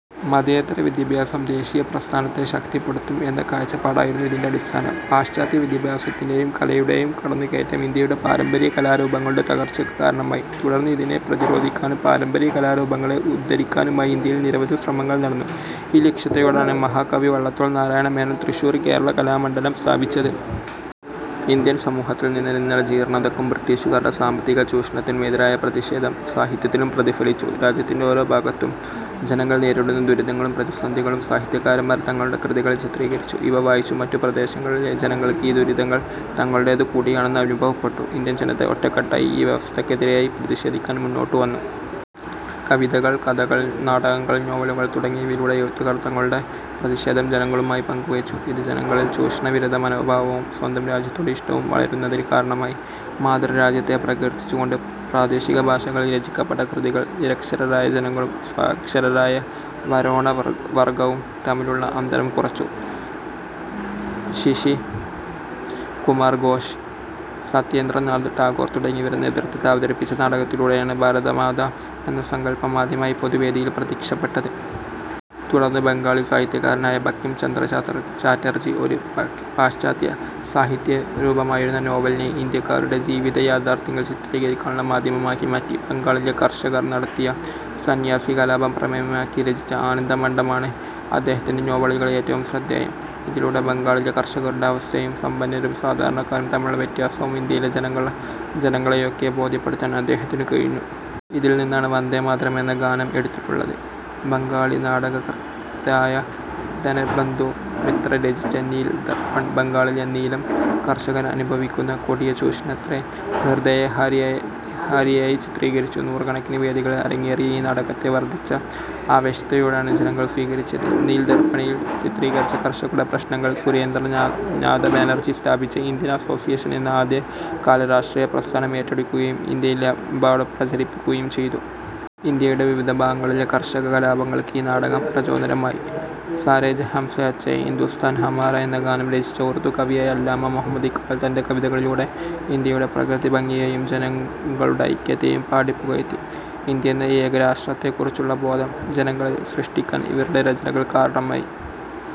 മതേതര വിദ്യാഭ്യാസം ദേശീയ പ്രസ്ഥാനത്തെ ശക്തിപ്പെടുത്തും എന്ന കാഴ്ചപ്പാടായിരുന്നു ഇതിന്റെ അടിസ്ഥാനം. പാശ്ചാത്യ വിദ്യാഭ്യാസത്തിന്റെയും കലയുടെയും കടന്നു കയറ്റം ഇന്ത്യയുടെ പാരമ്പര്യ കലാരൂപങ്ങളുടെ തകർച്ചയ്ക്ക് കാരണമായി. തുടർന്ന് ഇതിനെ പ്രതിരോധിക്കാനും പാരമ്പര്യ കലാരൂപങ്ങളെ ഉദ്ധരിക്കാനുമായി ഇന്ത്യയിൽ നിരവധി ശ്രമങ്ങൾ നടന്നു. ഈ ലക്ഷ്യത്തോടെയാണ് മഹാകവി വള്ളത്തോൾ നാരായണമേനോൻ തൃശൂരിൽ കേരള കലാമണ്ഡലം സ്ഥാപിച്ചത്. ഇന്ത്യൻ സമൂഹത്തിൽ നിലനിന്ന ജീർണതകൾക്കും ബ്രിട്ടീഷുകാരുടെ സാമ്പത്തികചൂഷണത്തിനും എതിരായ പ്രതിഷേധം സാഹിത്യത്തിലും പ്രതിഫലിച്ചു. രാജ്യത്തിന്റെ ഓരോ ഭാഗത്തും ജനങ്ങൾ നേരിടുന്ന ദുരിതങ്ങളും പ്രതിസന്ധികളും സാഹിത്യകാരന്മാർ തങ്ങളുടെ കൃതികളിൽ ചിത്രീകരിച്ചു. ഇവ വായിച്ച മറ്റു പ്രദേശങ്ങളിലെ ജനങ്ങൾക്ക് ഈ ദുരിതങ്ങൾ തങ്ങളുടേതു കൂടിയാണെന്ന് അനുഭവപ്പെട്ടു. ഇന്ത്യൻ ജനത ഒറ്റക്കെട്ടായി ഈ വ്യവസ്ഥയ്ക്കെതിരായി പ്രതിഷേധിക്കാൻ മുന്നോട്ടുവന്നു. കവിതകൾ, കഥകൾ, നാടകങ്ങൾ, നോവലുകൾ തുടങ്ങിയവയിലൂടെ എഴുത്തുകാർ തങ്ങളുടെ പ്രതിഷേധം ജനങ്ങളുമായി പങ്കുവച്ചു. ഇത് ജനങ്ങളിൽ ചൂഷണവിരുദ്ധ മനോഭാവവും സ്വന്തം രാജ്യത്തോട് ഇഷ്ടവും വളരുന്നതിന് കാരണമായി. മാതൃരാജ്യത്തെ പ്രകീർത്തിച്ചുകൊണ്ട് പ്രാദേശികഭാഷകളിൽ രചിക്കപ്പെട്ട കൃതികൾ നിരക്ഷരരായ ജനങ്ങളും സാക്ഷരരായ വരേണ്യവർഗവും തമ്മിലുള്ള അന്തരം കുറച്ചു. ശിശിർകുമാർ ഘോഷ്, സത്യേന്ദ്രനാഥ് ടാഗോർ തുടങ്ങിയവരുടെ നേതൃത്വത്തിൽ അവതരിപ്പിച്ച നാടകത്തിലൂടെയാണ് ഭാരതമാതാ എന്ന സങ്കൽപ്പം ആദ്യമായി പൊതുവേദിയിൽ പ്രത്യക്ഷപ്പെടുന്നത്. തുടർന്ന് ബംഗാളി സാഹിത്യകാരനായ ബങ്കിം ചന്ദ്ര ചാറ്റർജി ഒരു പാശ്ചാത്യസാഹിത്യ രൂപമായിരുന്ന നോവലിനെ ഇന്ത്യക്കാരുടെ ജീവിതയാഥാർഥ്യങ്ങൾ ചിത്രീകരിക്കാനുള്ള മാധ്യമമാക്കി മാറ്റി. ബംഗാളിലെ കർഷകർ നടത്തിയ സന്ന്യാസി കലാപം പ്രമേയമാക്കി രചിച്ച ആനന്ദമഠം ആണ് അദ്ദേഹത്തിന്റെ നോവലുകളിൽ ഏറ്റവും ശ്രദ്ധേയം. ഇതിലൂടെ ബംഗാളിലെ കർഷകരുടെ അവസ്ഥയും സമ്പന്നരും സാധാരണക്കാരും തമ്മിലുള്ള വ്യത്യാസവും ഇന്ത്യയിലെ ജനങ്ങളെയാകെ ബോധ്യപ്പെടുത്താൻ അദ്ദേഹത്തിനു കഴിഞ്ഞു. ഇതിൽ നിന്നാണ് വന്ദേമാതരം എന്ന ഗാനം എടുത്തിട്ടുള്ളത്. ബംഗാളി നാടകകൃത്തായ ദിനബന്ധു മിത്ര രചിച്ച നീൽ ദർപ്പൺ ബംഗാളിലെ നീലം കർഷകർ അനുഭവിക്കുന്ന കൊടിയ ചൂഷണത്തെ ഹൃദയഹാരിയായി ചിത്രീകരിച്ചു. നൂറുകണക്കിന് വേദികളിൽ അരങ്ങേറിയ ഈ നാടകത്തെ വർധിച്ച ആവേശത്തോടെയാണ് ജനങ്ങൾ സ്വീകരിച്ചത്. നീൽ ദർപ്പണി'ൽ ചിത്രീകരിച്ച കർഷകരുടെ പ്രശ്നങ്ങൾ സുരേന്ദ്രനാഥ ബാനർജി സ്ഥാപിച്ച ഇന്ത്യൻ അസോസിയേഷൻ എന്ന ആദ്യ കാല രാഷ്ട്രീയപ്രസ്ഥാനം ഏറ്റെടുക്കുകയും ഇന്ത്യയിലെമ്പാടും പ്രചരിപ്പിക്കുകയും ചെയ്തു. ഇന്ത്യയുടെ വിവിധ ഭാഗങ്ങളിലെ കർഷകകലാപങ്ങൾക്ക് ഈ നാടകം പ്രചോദനമായി. സാരേ ജഹാം സേ അച്ഛാ, ഹിന്ദുസ്ഥാൻ ഹമാരാ എന്ന ഗാനം രചിച്ച ഉർദു കവിയായ അല്ലാമാ മുഹമ്മദ് ഇഖ്ബാൽ തന്റെ കവിതകളിലൂടെ ഇന്ത്യയുടെ പ്രകൃതിഭംഗിയെയും ജനങ്ങളുടെ ഐക്യത്തെയും പാടിപ്പുകഴ്ത്തി. ഇന്ത്യ എന്ന ഏകരാഷ്ട്രത്തെക്കുറിച്ചുള്ള ബോധം ജനങ്ങളിൽ സൃഷ്ടിക്കാൻ ഇവരുടെ രചനകൾ കാരണമായി.